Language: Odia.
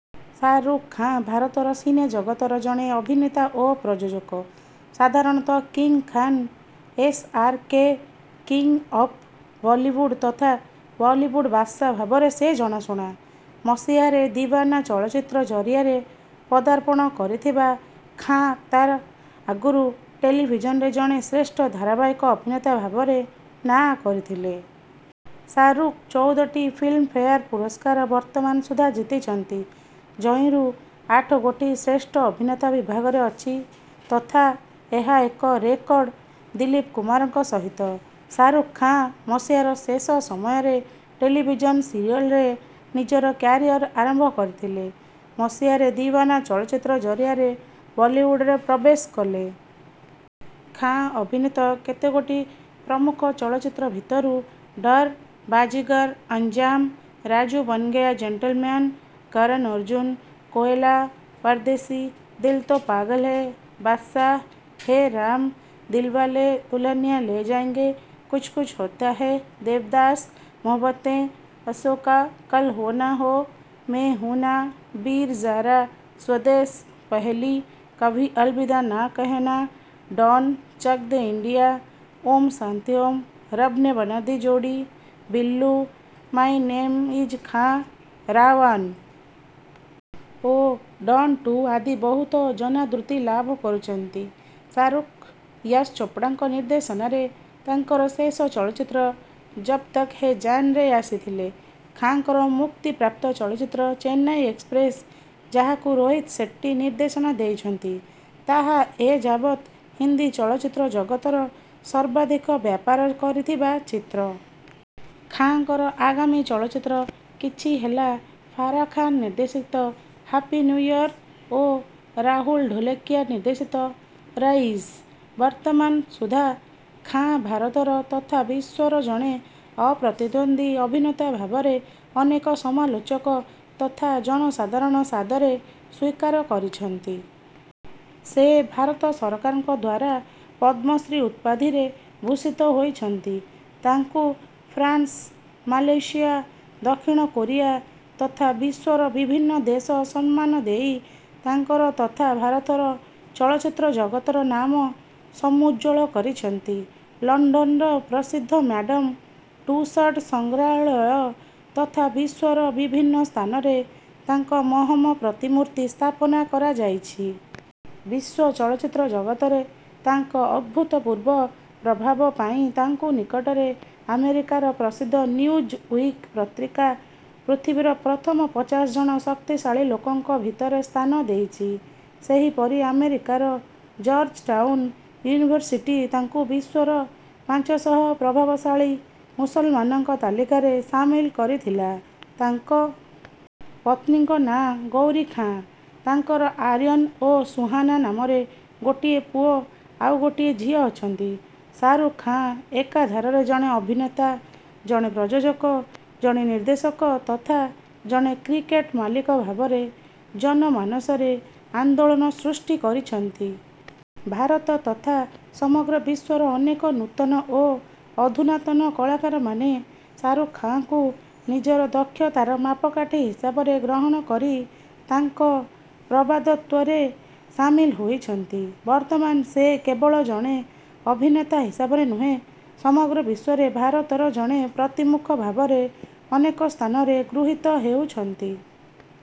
ସାହାରୁଖ ଖାଁ ଭାରତର ସିନେ ଜଗତର ଜଣେ ଅଭିନେତା ଓ ପ୍ରଯୋଜକ। ସାଧାରଣତଃ King Khan, S. R. K, King of Bollywood ତଥା ବଲିଉଡ଼ ବାଦଶାହ ଭାବରେ ସେ ଜଣାଶୁଣା। ମସିହାରେ ଦିବାନା ଚଳଚ୍ଚିତ୍ର ଜରିଆରେ ପଦାର୍ପଣ କରିଥିବା ଖାଁ ତା ଆଗରୁ ଟେଲିଭିଜନରେ ଜଣେ ଶ୍ରେଷ୍ଠ ଧାରାବାହିକ ଅଭିନେତା ଭାବରେ ନାଁ କରିଥିଲେ। ସାହାରୁଖ ଚଉଦଟି ଫିଲ୍ମଫେୟାର୍ ପୁରସ୍କାର ବର୍ତ୍ତମାନ ସୁଦ୍ଧା ଜିତିଛନ୍ତି, ଯହିଁରୁ ଆଠ ଗୋଟି ଶ୍ରେଷ୍ଠ ଅଭିନେତା ବିଭାଗରେ ଅଛି, ତଥା ଏହା ଏକ ରେକର୍ଡ଼ ଦିଲ୍ଲୀପ କୁମାରଙ୍କ ସହିତ। ସାହାରୁଖ ଖାଁ ମସିହାର ଶେଷ ସମୟରେ ଟେଲିଭିଜନ୍ ସିରିୟଲରେ ନିଜର କ୍ୟାରିୟର୍ ଆରମ୍ଭ କରିଥିଲେ। ମସିହାରେ ଦିୱାନା ଚଳଚ୍ଚିତ୍ର ଜରିଆରେ ବଲିଉଡରେ ପ୍ରବେଶ କଲେ। ଖାଁ ଅଭିନୀତ କେତେଗୋଟି ପ୍ରମୁଖ ଚଳଚ୍ଚିତ୍ର ଭିତରୁ ଡର୍, ବାଜିଗର୍, ଅଞ୍ଜାମ୍, ରାଜୁ ବନଗୟା ଜେନ୍ଟଲ୍ ମ୍ୟାନ୍, କରନ ଅର୍ଜୁନ, କୋଇଲା, ପରଦେଶ୍ଦି ଲ ତୋ ପାଗଲ ହୈ ବାଦଶାହ ହେ ରାମ ଦିଲବାଲେ ଦୁଲହନିଆଁ ଲେ ଜାଏଙ୍ଗେ, କୁଛ୍ କୁଛ୍ ହୋତା ହୈ, ଦେବଦାସ, ମହୋବ୍ୱତେ, ଅଶୋକା, କଲ୍ ହୋ ନା ହୋ, ମେ ହୁଁ ନା, ବୀର୍ ଜାରା, ସ୍ୱଦେଶ୍, ପହେଲି, କଭି ଅଲବିଦା ନା କହ ନା, ଡନ, ଚକ ଦେ ଇଣ୍ଡିଆ, ଓଁ ଶାନ୍ତି ଓଁ, ରବ୍ ନେ ବନା Di Jodi, Billu, my name is Khan, Ra One ଓ ଡନ ଟୁ ଆଦି ବହୁତ ଜନାଦୃତି ଲାଭ କରିଛନ୍ତି। ଶାହରୁଖ ୟଶ ଚୋପ୍ରାଙ୍କ ନିର୍ଦ୍ଦେଶନାରେ ତାଙ୍କର ଶେଷ ଚଳଚ୍ଚିତ୍ର 'ଜବ୍ ତକ୍ ହେ ଜାନ୍'ରେ ଆସିଥିଲେ। ଖାଁଙ୍କର ମୁକ୍ତିପ୍ରାପ୍ତ ଚଳଚ୍ଚିତ୍ର 'ଚେନ୍ନାଇ ଏକ୍ସପ୍ରେସ୍', ଯାହାକୁ ରୋହିତ୍ ସେଟ୍ଟୀ ନିର୍ଦ୍ଦେଶନା ଦେଇଛନ୍ତି, ତାହା ଏ ଯାବତ୍ ହିନ୍ଦୀ ଚଳଚ୍ଚିତ୍ର ଜଗତର ସର୍ବାଧିକ ବ୍ୟାପାର କରିଥିବା ଚିତ୍ର। ଖାଁଙ୍କର ଆଗାମୀ ଚଳଚ୍ଚିତ୍ର କିଛି ହେଲା ଫାରା ଖାନ ନିର୍ଦ୍ଦେଶିତ 'ହାପି ନ୍ୟୁ ଇୟର୍' ଓ ରାହୁଲ ଢୋଲକିଆ ନିର୍ଦ୍ଦେଶିତ 'ରଈସ'। ବର୍ତ୍ତମାନ ସୁଦ୍ଧା ଖାଁ ଭାରତର ତଥା ବିଶ୍ୱର ଜଣେ ଅପ୍ରତିଦ୍ୱନ୍ଦୀ ଅଭିନେତା ଭାବରେ ଅନେକ ସମାଲୋଚକ ତଥା ଜନସାଧାରଣ ସାଦରେ ସ୍ୱୀକାର କରିଛନ୍ତି। ସେ ଭାରତ ସରକାରଙ୍କ ଦ୍ୱାରା ପଦ୍ମଶ୍ରୀ ଉପାଧିରେ ଭୂଷିତ ହୋଇଛନ୍ତି। ତାଙ୍କୁ ଫ୍ରାନ୍ସ, ମାଲୟସିଆ, ଦକ୍ଷିଣ କୋରିଆ ତଥା ବିଶ୍ୱର ବିଭିନ୍ନ ଦେଶ ସମ୍ମାନ ଦେଇ ତାଙ୍କର ତଥା ଭାରତର ଚଳଚ୍ଚିତ୍ର ଜଗତର ନାମ ସମୁଜ୍ଜ୍ୱଳ କରିଛନ୍ତି। ଲଣ୍ଡନର ପ୍ରସିଦ୍ଧ ମାଡାମ ଟୁଷଡ୍ ସଂଗ୍ରହାଳୟ ତଥା ବିଶ୍ୱର ବିଭିନ୍ନ ସ୍ଥାନରେ ତାଙ୍କ ମହମ ପ୍ରତିମୂର୍ତ୍ତି ସ୍ଥାପନା କରାଯାଇଛି। ବିଶ୍ୱ ଚଳଚ୍ଚିତ୍ର ଜଗତରେ ତାଙ୍କ ଅଭୂତପୂର୍ବ ପ୍ରଭାବ ପାଇଁ ତାଙ୍କୁ ନିକଟରେ ଆମେରିକାର ପ୍ରସିଦ୍ଧ ନ୍ୟୁଜ ୱିକ ପତ୍ରିକା ପୃଥିବୀର ପ୍ରଥମ ପଚାଶ ଜଣ ଶକ୍ତିଶାଳୀ ଲୋକଙ୍କ ଭିତରେ ସ୍ଥାନ ଦେଇଛି। ସେହିପରି ଆମେରିକାର ଜର୍ଜ ଟାଉନ୍ ୟୁନିଭର୍ସିଟି ତାଙ୍କୁ ବିଶ୍ୱର ପାଞ୍ଚଶହ ପ୍ରଭାବଶାଳୀ ମୁସଲମାନଙ୍କ ତାଲିକାରେ ସାମିଲ କରିଥିଲା। ତାଙ୍କ ପତ୍ନୀଙ୍କ ନାଁ ଗୌରୀ ଖାଁ। ତାଙ୍କର ଆର୍ଯନ୍ ଓ ସୁହାନା ନାମରେ ଗୋଟିଏ ପୁଅ ଆଉ ଗୋଟିଏ ଝିଅ ଅଛନ୍ତି। ସାହାରୁଖ ଖାଁ ଏକାଧାରରେ ଜଣେ ଅଭିନେତା, ଜଣେ ପ୍ରଯୋଜକ, ଜଣେ ନିର୍ଦ୍ଦେଶକ ତଥା ଜଣେ କ୍ରିକେଟ୍ ମାଲିକ ଭାବରେ ଜନମାନସରେ ଆନ୍ଦୋଳନ ସୃଷ୍ଟି କରିଛନ୍ତି। ଭାରତ ତଥା ସମଗ୍ର ବିଶ୍ୱର ଅନେକ ନୂତନ ଓ ଅଧୁନାତନ କଳାକାରମାନେ ସାହାରୁଖ ଖାଁଙ୍କୁ ନିଜର ଦକ୍ଷତାର ମାପକାଠି ହିସାବରେ ଗ୍ରହଣ କରି ତାଙ୍କ ପ୍ରବାଦତ୍ୱରେ ସାମିଲ ହୋଇଛନ୍ତି। ବର୍ତ୍ତମାନ ସେ କେବଳ ଜଣେ ଅଭିନେତା ହିସାବରେ ନୁହେଁ, ସମଗ୍ର ବିଶ୍ୱରେ ଭାରତର ଜଣେ ପ୍ରତିମୁଖ ଭାବରେ ଅନେକ ସ୍ଥାନରେ ଗୃହୀତ ହେଉଛନ୍ତି।